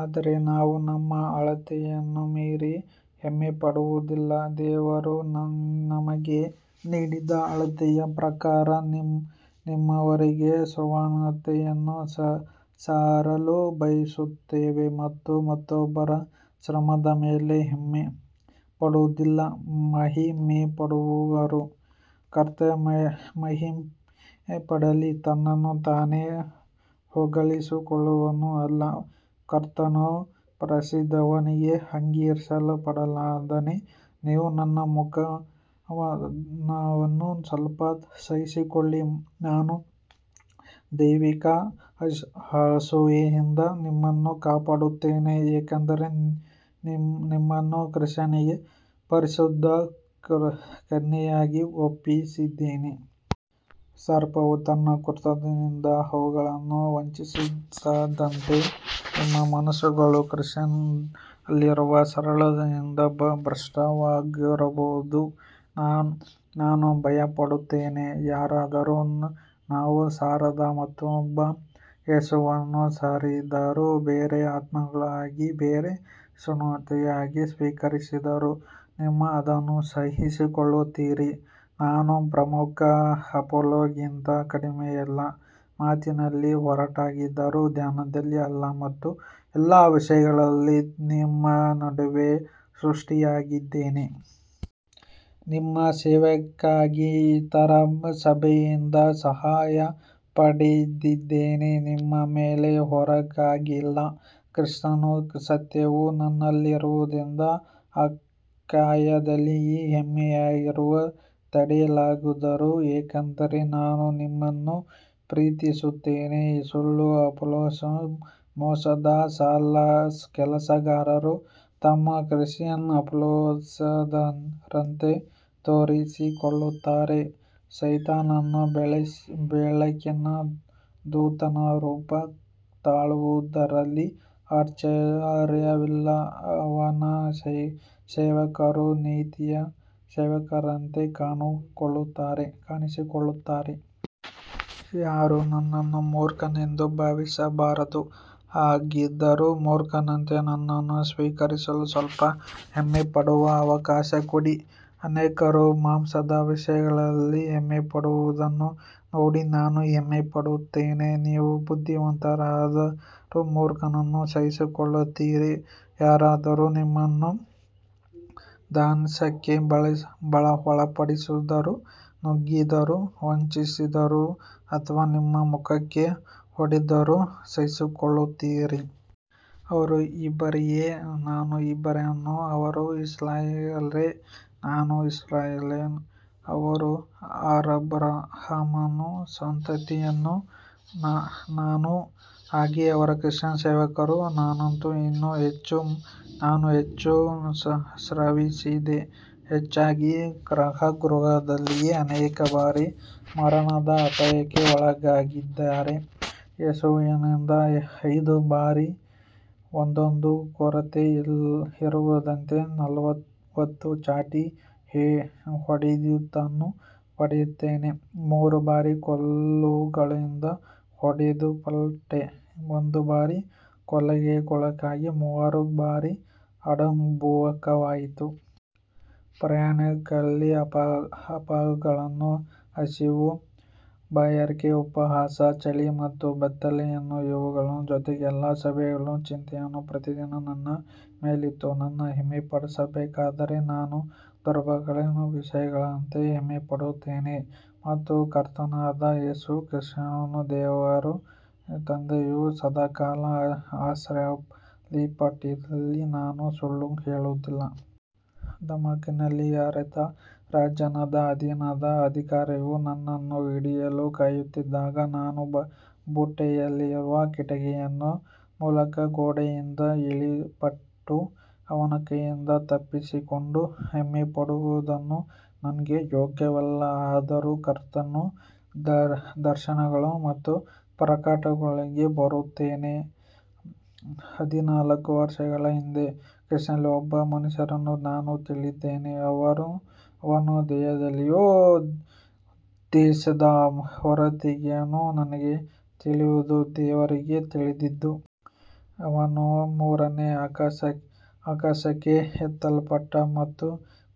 ಆದರೆ ನಾವು ನಮ್ಮ ಅಳತೆಯನ್ನು ಮೀರಿ ಹೆಮ್ಮೆಪಡುವುದಿಲ್ಲ, ದೇವರು ನಮಗೆ ನೀಡಿದ ಅಳತೆಯ ಪ್ರಕಾರ ನಿಮ್ಮವರೆಗೆ ಸುವಾರ್ತೆಯನ್ನು ಸಾರಲು ಬಯಸುತ್ತೇವೆ ಮತ್ತು ಮತ್ತೊಬ್ಬರ ಶ್ರಮದ ಮೇಲೆ ಹೆಮ್ಮೆಪಡುವುದಿಲ್ಲ. ಮಹಿಮೆಪಡುವವನು ಕರ್ತನಲ್ಲಿ ಮಹಿಮೆಪಡಲಿ, ತನ್ನನ್ನು ತಾನೇ ಹೊಗಳಿಕೊಳ್ಳುವವನು ಅಲ್ಲ, ಕರ್ತನು ಪ್ರಶಂಸಿಸುವವನೇ ಅಂಗೀಕರಿಸಲ್ಪಡುತ್ತಾನೆ. ನೀವು ನನ್ನ ಮೂರ್ಖತನವನ್ನು ಸ್ವಲ್ಪ ಸಹಿಸಿಕೊಳ್ಳಿರಿ, ನಾನು ದೈವಿಕ ಅಸೂಯೆಯಿಂದ ನಿಮ್ಮನ್ನು ಕಾಪಾಡುತ್ತೇನೆ, ಏಕೆಂದರೆ ನಿಮ್ಮನ್ನು ಕ್ರಿಸ್ತನಿಗೆ ಪರಿಶುದ್ಧ ಕನ್ಯೆಯಾಗಿ ಒಪ್ಪಿಸಿದ್ದೇನೆ. ಸರ್ಪವು ತನ್ನ ಕುತಂತ್ರದಿಂದ ಹವ್ವಳನ್ನು ವಂಚಿಸಿದಂತೆ ನಿಮ್ಮ ಮನಸ್ಸುಗಳು ಕ್ರಿಸ್ತನಲ್ಲಿರುವ ಸರಳತೆಯಿಂದ ಭ್ರಷ್ಟವಾಗಬಹುದೆಂದು ನಾನು ಭಯಪಡುತ್ತೇನೆ. ಯಾರಾದರೂ ನಾವು ಸಾರದ ಮತ್ತೊಬ್ಬ ಯೇಸುವನ್ನು ಸಾರಿದರೂ, ಬೇರೆ ಆತ್ಮವನ್ನಾಗಲಿ ಬೇರೆ ಸುವಾರ್ತೆಯನ್ನಾಗಲಿ ಸ್ವೀಕರಿಸಿದರೂ ನೀವು ಅದನ್ನು ಸಹಿಸಿಕೊಳ್ಳುತ್ತೀರಿ. ನಾನು ಪ್ರಮುಖ ಅಪೊಸ್ತಲರಿಗಿಂತ ಕಡಿಮೆಯಲ್ಲ, ಮಾತಿನಲ್ಲಿ ಒರಟನಾದರೂ ಜ್ಞಾನದಲ್ಲಿ ಅಲ್ಲ, ಮತ್ತು ಎಲ್ಲ ವಿಷಯಗಳಲ್ಲಿ ನಿಮ್ಮ ನಡುವೆ ಸ್ಪಷ್ಟನಾಗಿದ್ದೇನೆ. ನಿಮ್ಮ ಸೇವೆಗಾಗಿ ಇತರ ಸಭೆಗಳಿಂದ ಸಹಾಯ ಪಡೆದಿದ್ದೇನೆ, ನಿಮ್ಮ ಮೇಲೆ ಹೊರೆಯಾಗಲಿಲ್ಲ. ಕ್ರಿಸ್ತನ ಸತ್ಯವು ನನ್ನಲ್ಲಿರುವುದರಿಂದ ಅಖಾಯದಲ್ಲಿ ಈ ಹೆಮ್ಮೆ ಯಾರೂ ತಡೆಯಲಾರರು, ಏಕೆಂದರೆ ನಾನು ನಿಮ್ಮನ್ನು ಪ್ರೀತಿಸುತ್ತೇನೆ. ಸುಳ್ಳು ಅಪೊಸ್ತಲರು ಮೋಸದ ಕೆಲಸಗಾರರು, ತಮ್ಮನ್ನು ಕ್ರಿಸ್ತನ ಅಪೊಸ್ತಲರಂತೆ ತೋರಿಸಿಕೊಳ್ಳುತ್ತಾರೆ. ಸೈತಾನನು ಬೆಳಕಿನ ದೂತನ ರೂಪ ತಾಳುವುದರಲ್ಲಿ ಆಶ್ಚರ್ಯವಿಲ್ಲ, ಅವನ ಸೇವಕರೂ ನೀತಿಯ ಸೇವಕರಂತೆ ಕಾಣಿಸಿಕೊಳ್ಳುತ್ತಾರೆ. ಯಾರೂ ನನ್ನನ್ನು ಮೂರ್ಖನೆಂದು ಭಾವಿಸಬಾರದು, ಹಾಗಿದ್ದರೂ ಮೂರ್ಖನಂತೆ ನನ್ನನ್ನು ಸ್ವೀಕರಿಸಿ ಸ್ವಲ್ಪ ಹೆಮ್ಮೆಪಡಲು ಅವಕಾಶ ಕೊಡಿ. ಅನೇಕರು ಮಾಂಸದ ವಿಷಯಗಳಲ್ಲಿ ಹೆಮ್ಮೆಪಡುವುದನ್ನು ನೋಡಿ ನಾನೂ ಹೆಮ್ಮೆಪಡುತ್ತೇನೆ. ನೀವು ಬುದ್ಧಿವಂತರಾಗಿದ್ದರೂ ಮೂರ್ಖರನ್ನು ಸಹಿಸಿಕೊಳ್ಳುತ್ತೀರಿ, ಯಾರಾದರೂ ನಿಮ್ಮನ್ನು ದಾಸ್ಯಕ್ಕೆ ಒಳಪಡಿಸಿದರೂ, ನುಂಗಿದರೂ, ವಂಚಿಸಿದರೂ ಅಥವಾ ನಿಮ್ಮ ಮುಖಕ್ಕೆ ಹೊಡೆದರೂ ಸಹಿಸಿಕೊಳ್ಳುತ್ತೀರಿ. ಅವರು ಇಬ್ರಿಯರೇ, ನಾನೂ ಇಬ್ರಿಯನು, ಅವರು ಇಸ್ರಾಯೇಲ್ಯರೇ, ನಾನೂ ಇಸ್ರಾಯೇಲ್ಯನು, ಅವರು ಅಬ್ರಹಾಮನ ಸಂತತಿಯವರೇ, ನಾನೂ ಹಾಗೆಯೇ. ಅವರು ಕ್ರಿಸ್ತನ ಸೇವಕರೇ, ನಾನಂತೂ ಇನ್ನೂ ಹೆಚ್ಚು, ನಾನು ಹೆಚ್ಚು ಶ್ರಮಿಸಿದೆ, ಹೆಚ್ಚಾಗಿ ಕಾರಾಗೃಹದಲ್ಲಿದ್ದೆ, ಅನೇಕ ಬಾರಿ ಮರಣದ ಅಪಾಯಕ್ಕೆ ಒಳಗಾದೆ. ಯೆಹೂದ್ಯರಿಂದ ಐದು ಬಾರಿ ಒಂದೊಂದು ಕೊರತೆ ಇರುವಂತೆ ನಲವತ್ತು ಚಾಟಿ ಹೊಡೆತಗಳನ್ನು ಪಡೆದಿದ್ದೇನೆ, ಮೂರು ಬಾರಿ ಕೋಲುಗಳಿಂದ ಹೊಡೆಯಲ್ಪಟ್ಟೆ, ಒಂದು ಬಾರಿ ಕಲ್ಲೆಸೆತಕ್ಕೊಳಗಾದೆ, ಮೂರು ಬಾರಿ ಹಡಗುಭಂಗವಾಯಿತು. ಪ್ರಯಾಣಗಳಲ್ಲಿ ಅಪಾಯಗಳು, ಹಸಿವು, ಬಾಯಾರಿಕೆ, ಉಪವಾಸ, ಚಳಿ ಮತ್ತು ಬೆತ್ತಲೆತನ ಇವುಗಳ ಜೊತೆಗೆ ಎಲ್ಲ ಸಭೆಗಳ ಚಿಂತೆಯೂ ಪ್ರತಿದಿನ ನನ್ನ ಮೇಲಿತ್ತು. ನಾನು ಹೆಮ್ಮೆಪಡಬೇಕಾದರೆ ನನ್ನ ದೌರ್ಬಲ್ಯಗಳ ವಿಷಯದಲ್ಲೇ ಹೆಮ್ಮೆಪಡುತ್ತೇನೆ. ನಮ್ಮ ಕರ್ತನಾದ ಯೇಸು ಕ್ರಿಸ್ತನ ದೇವರೂ ತಂದೆಯೂ ಸದಾಕಾಲ ಆಶೀರ್ವದಿಸಲ್ಪಟ್ಟಿರಲಿ, ನಾನು ಸುಳ್ಳು ಹೇಳುವುದಿಲ್ಲ. ದಮಸ್ಕದಲ್ಲಿ ಅರೇತ ರಾಜನ ಅಧೀನದ ಅಧಿಕಾರಿಯು ನನ್ನನ್ನು ಹಿಡಿಯಲು ಕಾಯುತ್ತಿದ್ದಾಗ, ನಾನು ಬುಟ್ಟಿಯಲ್ಲಿ ಕಿಟಕಿಯ ಮೂಲಕ ಗೋಡೆಯಿಂದ ಇಳಿಸಲ್ಪಟ್ಟು ಅವನ ಕೈಯಿಂದ ತಪ್ಪಿಸಿಕೊಂಡೆ. ಹೆಮ್ಮೆಪಡುವುದು ನನಗೆ ಯೋಗ್ಯವಲ್ಲ, ಆದರೂ ಕರ್ತನ ದರ್ಶನಗಳು ಮತ್ತು ಪ್ರಕಟಣೆಗಳಿಗೆ ಬರುತ್ತೇನೆ. ಹದಿನಾಲ್ಕು ವರ್ಷಗಳ ಹಿಂದೆ ಕ್ರಿಸ್ತನಲ್ಲಿ ಒಬ್ಬ ಮನುಷ್ಯನನ್ನು ನಾನು ತಿಳಿದಿದ್ದೇನೆ, ಅವನು ದೇಹದಲ್ಲಿದ್ದನೋ ದೇಹದ ಹೊರಗಿದ್ದನೋ ನನಗೆ ತಿಳಿಯದು, ದೇವರಿಗೆ ತಿಳಿದಿದೆ. ಅವನು ಮೂರನೇ ಆಕಾಶಕ್ಕೆ ಎತ್ತಲ್ಪಟ್ಟನು ಮತ್ತು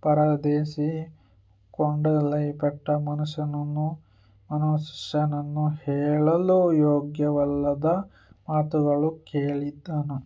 ಪರದೈಸಿಗೆ ಕೊಂಡೊಯ್ಯಲ್ಪಟ್ಟು ಮನುಷ್ಯನು ಹೇಳಲು ಯೋಗ್ಯವಲ್ಲದ ಮಾತುಗಳನ್ನು ಕೇಳಿದನು.